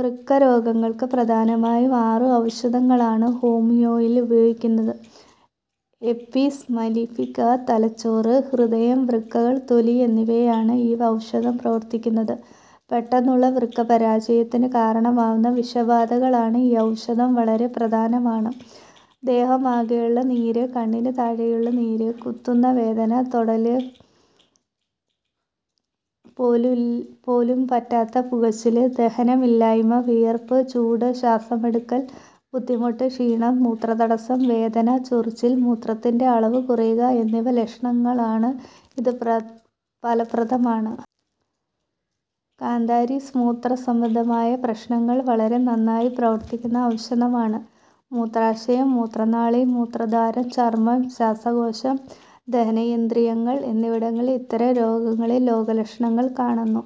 വൃക്കരോഗങ്ങള്ക്ക് പ്രധാനമായും ആറ് ഔഷധങ്ങളാണ് ഹോമിയോയില് ഉപയോഗിക്കുന്നത്. എപ്പിസ് മലിഫിക്ക തലച്ചോറ്, ഹൃദയം, വൃക്കകള്, തൊലി എന്നിവയിലാണ് ഈ ഔഷധം പ്രവര്ത്തിക്കുന്നത്. പെട്ടെന്നുള്ള വൃക്കപരാജയത്തിനു കാരണമാകുന്ന വിഷബാധകളില് ഈ ഔഷധം വളരെ ഫലപ്രദമാണ്. ദേഹമാകെയുള്ള നീര്, കണ്ണിനു താഴെ മാത്രമുള്ള നീര്, കുത്തുന്ന വേദന, തൊടാന് പോലും പറ്റാത്ത പുകച്ചില്, ദാഹമില്ലായ്മ, വിയര്പ്പ്, ചൂട്, ശ്വാസമെടുക്കാന് ബുദ്ധിമുട്ട്, ക്ഷീണം, മൂത്രതടസ്സം, വേദന, ചൊറിച്ചില്, മൂത്രത്തിന്റെ അളവ് കുറയുക എന്നീ ലക്ഷണങ്ങളുള്ളവരില് ഇതു ഫലപ്രദമാണ്. കാന്താരിസ് മൂത്രാശയ സംബന്ധമായ പ്രശ്നങ്ങളില് വളരെ നന്നായി പ്രവര്ത്തിക്കുന്ന ഔഷധമാണിത്. മൂത്രാശയം, മൂത്രനാളി, മൂത്രദ്വാരം, ചര്മ്മം, ശ്വാസകോശം, ദഹനേന്ദ്രിയങ്ങള് എന്നിവിടങ്ങളില് ഇത്തരം രോഗികളില് രോഗലക്ഷണങ്ങള് കാണുന്നു.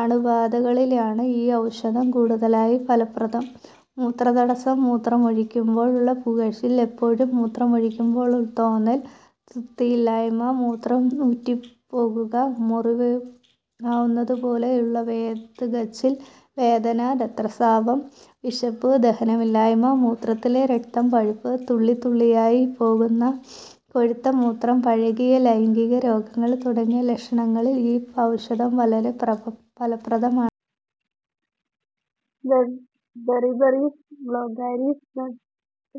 അണുബാധകളിലാണ് ഈ ഔഷധം കൂടുതല് ഫലപ്രദം. മൂത്രതടസ്സം, മൂത്രമൊഴിക്കുമ്പോഴുള്ള പുകച്ചില്, എപ്പോഴും മൂത്രമൊഴിക്കാനുള്ള തോന്നല്, തൃപ്തിയില്ലായ്മ, മൂത്രം ഉറ്റിപ്പോവുക, മുറിയുന്നതുപോലെയുള്ള പുകച്ചില്, വേദന, രക്തസ്രാവം, വിശപ്പും ദാഹവുമില്ലായ്മ, മൂത്രത്തില് രക്തം, പഴുപ്പ്, തുള്ളിതുള്ളിയായുള്ള കൊഴുത്ത മൂത്രം, പഴകിയ ലൈംഗിക രോഗങ്ങള് തുടങ്ങിയ രോഗലക്ഷണങ്ങളില് ഈ ഔഷധം വളരെ ഫലപ്രദമാണ്. ബെറിബറിസ് വള്ഗാരിസ്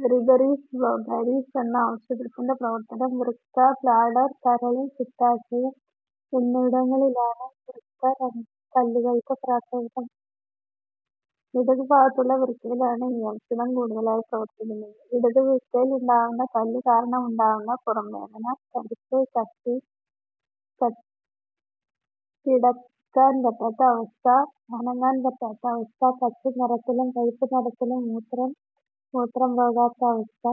ബെറിബറിസ് വള്ഗാരിസ് എന്ന ഔഷധത്തിന്റെ പ്രവര്ത്തനം വൃക്ക, ബ്ലാഡര്, കരള്, പിത്താശയം എന്നിവിടങ്ങളിലാണ്. വൃക്കയിലെ കല്ലുകള്ക്ക് ഫലപ്രദമാണ്. ഇടതു ഭാഗത്തുള്ള വൃക്കയിലാണ് ഈ ഔഷധം കൂടുതലായി പ്രവര്ത്തിക്കുന്നത്. ഇടതു വൃക്കയിലുണ്ടാകുന്ന കല്ലു കാരണമുണ്ടാകുന്ന പുറംവേദന, തരിപ്പ്, കട്ടി, കിടക്കാന് പറ്റാത്ത അവസ്ഥ, അനങ്ങാന് പറ്റാത്ത അവസ്ഥ, പച്ചനിറത്തിലും പഴുപ്പു നിറഞ്ഞതുമായ മൂത്രം, മൂത്രം പോകാത്ത അവസ്ഥ,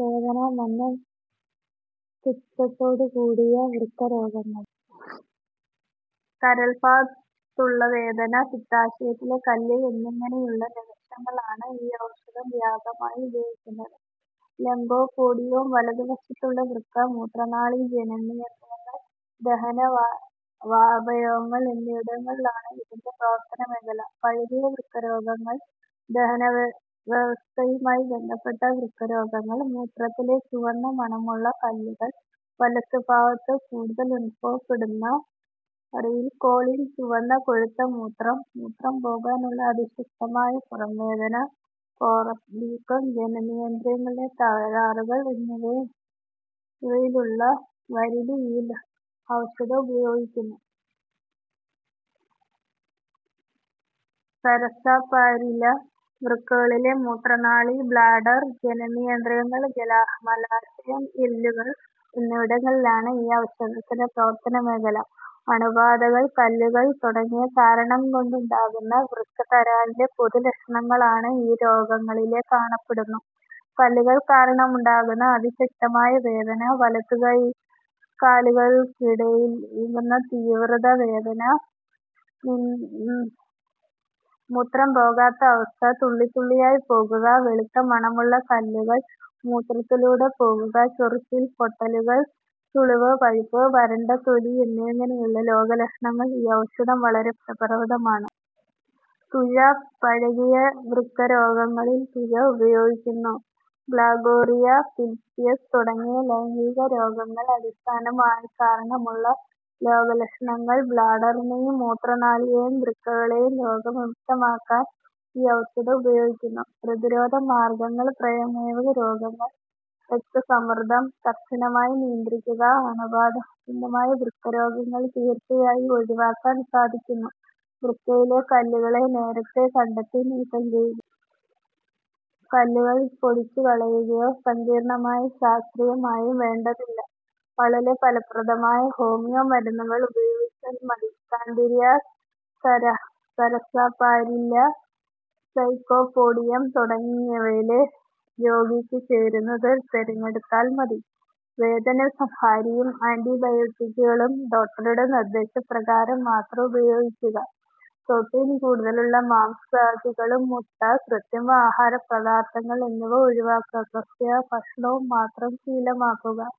വേദന, മഞ്ഞപ്പിത്തത്തോടു കൂടിയുണ്ടാകുന്ന വൃക്കരോഗങ്ങള്. കരള്ഭാഗത്തുള്ള വേദന, പിത്താശയത്തിലെ കല്ല് എന്നിങ്ങനെയുള്ള ലക്ഷണങ്ങളിലാണ് ഈ ഔഷധം വ്യാപകമായി ഉപയോഗിക്കുന്നത്. ലൈക്കോപോഡിയം വലതുവശത്തുള്ള വൃക്ക, മൂത്രനാളി, ജനനേന്ദ്രിയങ്ങള്, ദഹനാവയവങ്ങള് എന്നിവിടങ്ങളാണ് ഇതിന്റെ പ്രവര്ത്തനമേഖല. പഴകിയ വൃക്കരോഗങ്ങള്, ദഹനവ്യവസ്ഥയുമായി ബന്ധപ്പെട്ട വൃക്കരോഗങ്ങള്, മൂത്രത്തില് ചുവന്ന മണലുപോലുള്ള കല്ലുകള്, വലതുഭാഗത്ത് കൂടുതലായനുഭവപ്പെടുന്ന റീനല് കോളിക്, ചുവന്നുകൊഴുത്ത മൂത്രം, മൂത്രം പോകുമ്പോഴുള്ള അതിശക്തമായ പുറംവേദന, പ്രോസ്റ്റേറ്റ് വീക്കം, ജനനേന്ദ്രിയങ്ങളിലെ തകരാറുകള് എന്നിവയുള്ള വരില് ഈ ഔഷധം ഉപയോഗിക്കുന്നു. സരസപ്പാരില്ല വൃക്കകള്, മൂത്രനാളി, ബ്ലാഡര്, ജനനേന്ദ്രിയങ്ങള്, മലാശയം, എല്ലുകള് എന്നിവിടങ്ങളിലാണ് ഈ ഔഷധത്തിന്റെ പ്രവര്ത്തന മേഖല. അണുബാധകള്, കല്ലുകള് തുടങ്ങിയ കാരണങ്ങള്കൊണ്ടുണ്ടാകുന്ന വൃക്കത്തകരാറിന്റെ പൊതുലക്ഷണങ്ങള് ഈ രോഗികളില് കാണപ്പെടുന്നു. കല്ലുകള് കാരണമുണ്ടാകുന്ന അതിശക്തമായ വേദന, വലതുകാലുകളിലേക്കിറങ്ങുന്ന തീവ്രമായ വേദന, നിന്നാലുമിരുന്നാലും മൂത്രം പോകാത്ത അവസ്ഥ, തുള്ളിയായി പോവുക, വെളുത്ത മണലുപോലുള്ള കല്ലുകള് മൂത്രത്തിലൂടെ പോവുക, ചൊറിച്ചില്, പൊട്ടലുകള്, ചുളിവ്, പഴുപ്പ്, വരണ്ട തൊലി എന്നിങ്ങനെയുള്ള രോഗികളില് ഈ ഔഷധം വളരെ ഫലപ്രദമാണ്. തൂജ പഴകിയ വൃക്കരോഗങ്ങളില് തൂജ ഉപയോഗിക്കുന്നു. ഗൊണോറിയ, സിഫിലിസ് തുടങ്ങിയ ലൈംഗികരോഗങ്ങള് അടിസ്ഥാനകാരണമായുള്ള രോഗങ്ങളില് ബ്ലാഡറിനെയും മൂത്രനാളികളെയും വൃക്കകളെയും രോഗവിമുക്തമാക്കാന് ഈ ഔഷധം ഉപയോഗിക്കുന്നു. പ്രതിരോധ മാര്ഗങ്ങള് പ്രമേഹരോഗവും രക്തസമ്മര്ദവും കര്ശനമായി നിയന്ത്രിക്കുക. അനുബന്ധമായ വൃക്കരോഗങ്ങള് തീര്ച്ചയായും ഒഴിവാക്കാന് സാധിക്കും. വൃക്കയിലെ കല്ലുകള് നേരത്തെ കണ്ടെത്തി നീക്കം ചെയ്യുക. കല്ലുകള് പൊടിച്ചുകളയുകയോ സങ്കീര്ണമായ ശസ്ത്രക്രിയയോ വേണ്ടതില്ല. വളരെ ഫലപ്രദമായ ഹോമിയോ മരുന്നുകള് ഉപയോഗിച്ചാല് മതി. കാന്താരിസ്, സരസപ്പാരില്ല, ലൈക്കോപോഡിയം തുടങ്ങിയവയില് രോഗിക്ക് ചേരുന്നത് തിരഞ്ഞെടുത്താല് മതി. വേദന സംഹാരികളും ആന്റിബയോട്ടിക്കുകളും ഡോക്ടറുടെ നിര്ദേശപ്രകാരം മാത്രം ഉപയോഗിക്കുക. പ്രോട്ടീന് കൂടുതലായുള്ള മത്സ്യമാംസാദികള്, മുട്ട, കൃത്രിമ ആഹാരപദാര്ഥങ്ങള് എന്നിവ ഒഴിവാക്കുക. സസ്യഭക്ഷണം മാത്രം ശീലമാക്കുക.